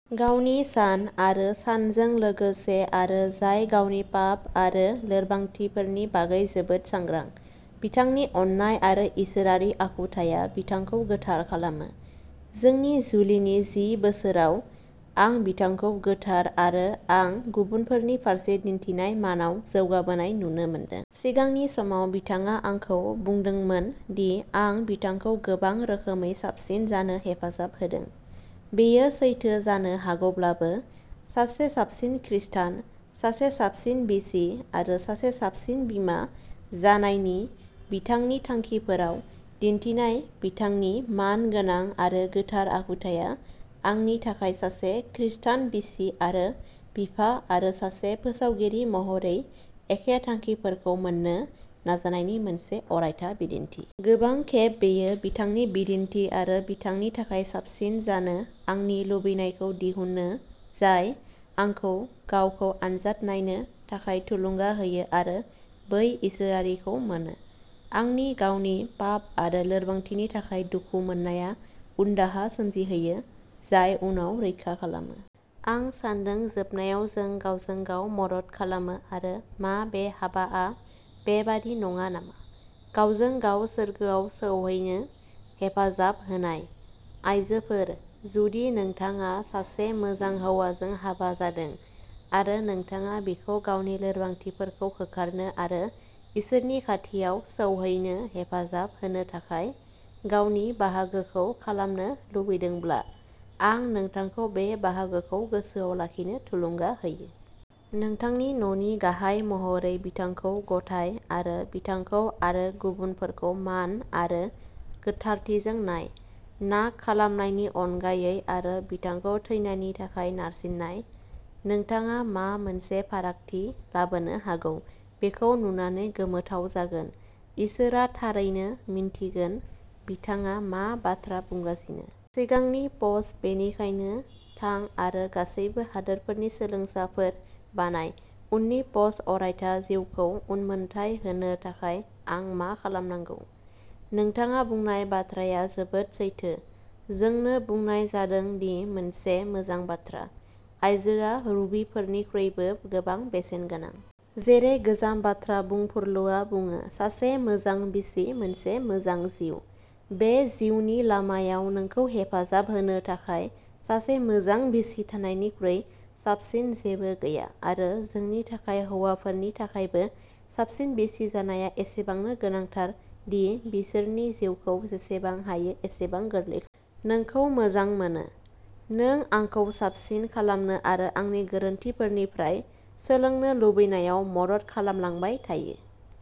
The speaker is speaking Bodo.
गावनि सान आरो सानजों लोगोसे आरो जाय गावनि पाप आरो लोरबांथिफोरनि बागै जोबोद सांग्रां। बिथांनि अननाय आरो इसोरारि आखुथाइया बिथांखौ गोथार खालामो। जोंनि जुलिनि जि बोसोराव, आं बिथांखौ गोथार आरो आं गुबुनफोरनि फारसे दिन्थिनाय मानाव जौगाबोनाय नुनो मोनदों। सिगांनि समाव बिथाङा आंखौ बुंदोंमोन दि आं बिथांखौ गोबां रोखोमै साबसिन जानो हेफाजाब होदों। बेयो सैथो जानो हागौब्लाबो, सासे साबसिन खृस्टान, सासे साबसिन बिसि आरो सासे साबसिन बिमा जानायनि बिथांनि थांखिफोराव दिन्थिनाय बिथांनि मान गोनां आरो गोथार आखुथाया आंनि थाखाय सासे खृस्टान बिसि आरो बिफा आरो सासे फोसावगिरि महरै एखे थांखिफोरखौ मोन्नो नाजानायनि मोनसे अरायथा बिदिन्थि। गोबां खेब बेयो बिथांनि बिदिन्थि आरो बिथांनि थाखाय साबसिन जानो आंनि लुबैनायखौ दिहुनो जाय आंखौ गावखौ आनजाद नायनो थाखाय थुलुंगा होयो आरो बै इसोरारिखौ मोनो। आंनि गावनि पाप आरो लोरबांथिनि थाखाय दुखु मोननाया उनदाहा सोमजिहोयो, जाय उनाव रैखा खालामो। आं सान्दों जोबनायाव जों गावजों गाव मदद खालामो आरो मा बे हाबाआ बेबादि नङा नामा? गावजों गाव सोरगोआव सौहैनो हेफाजाब होनाय? आयजोफोर, जुदि नोंथाङा सासे मोजां हौवाजों हाबा जादों आरो नोंथाङा बिखौ गावनि लोरबांथिफोरखौ होखारनो आरो इसोरनि खाथियाव सौहैनो हेफाजाब होनो थाखाय गावनि बाहागोखौ खालामनो लुबैदोंब्ला, आं नोंथांखौ बे बाहागोखौ गोसोआव लाखिनो थुलुंगा होयो। नोंथांनि न'नि गाहाय महरै बिथांखौ गथाय आरो बिथांखौ आरो गुबुनफोरखौ मान आरो गोथारथिजों नाय, नाग खालामनायनि अनगायै आरो बिथांखौ थैनायनि थाखाय नारसिन्नाय। नोंथाङा मा मोनसे फारागथि लाबोनो हागौ बेखौ नुनानै गोमोथाव जागोन! इसोरआ थारैनो मिन्थिगोन बिथाङा मा बाथ्रा बुंगासिनो! सिगांनि पस्ट बेनिखायनो थां आरो गासैबो हादोरफोरनि सोलोंसाफोर बानाय उननि पस्ट अरायथा जिउखौ उनमोनथाइ होनो थाखाय आं मा खालामनांगौ? नोंथाङा बुंनाय बाथ्राया जोबोद सैथो। जोंनो बुंनाय जादों दि मोनसे मोजां बाथ्रा। आयजोआ रुबिफोरनिख्रुइबो गोबां बेसेन गोनां। जेरै गोजाम बाथ्रा बुंफुरलुआ बुङो "सासे मोजां बिसि मोनसे मोजां जिउ।" बे जिउनि लामायाव नोंखौ हेफाजाब होनो थाखाय सासे मोजां बिसि थानायनिख्रुइ साबसिन जेबो गैया आरो जोंनि थाखाय हौवाफोरनि थाखायबो साबसिन बिसि जानाया एसेबांनो गोनांथार दि बिसोरनि जिउखौ जेसेबां हायो एसेबां गोरलै खालाम। नोंखौ मोजां मोनो! नों आंखौ साबसिन खालामनो आरो आंनि गोरोन्थिफोरनिफ्राय सोलोंनो लुबैनायाव मदद खालामलांबाय थायो।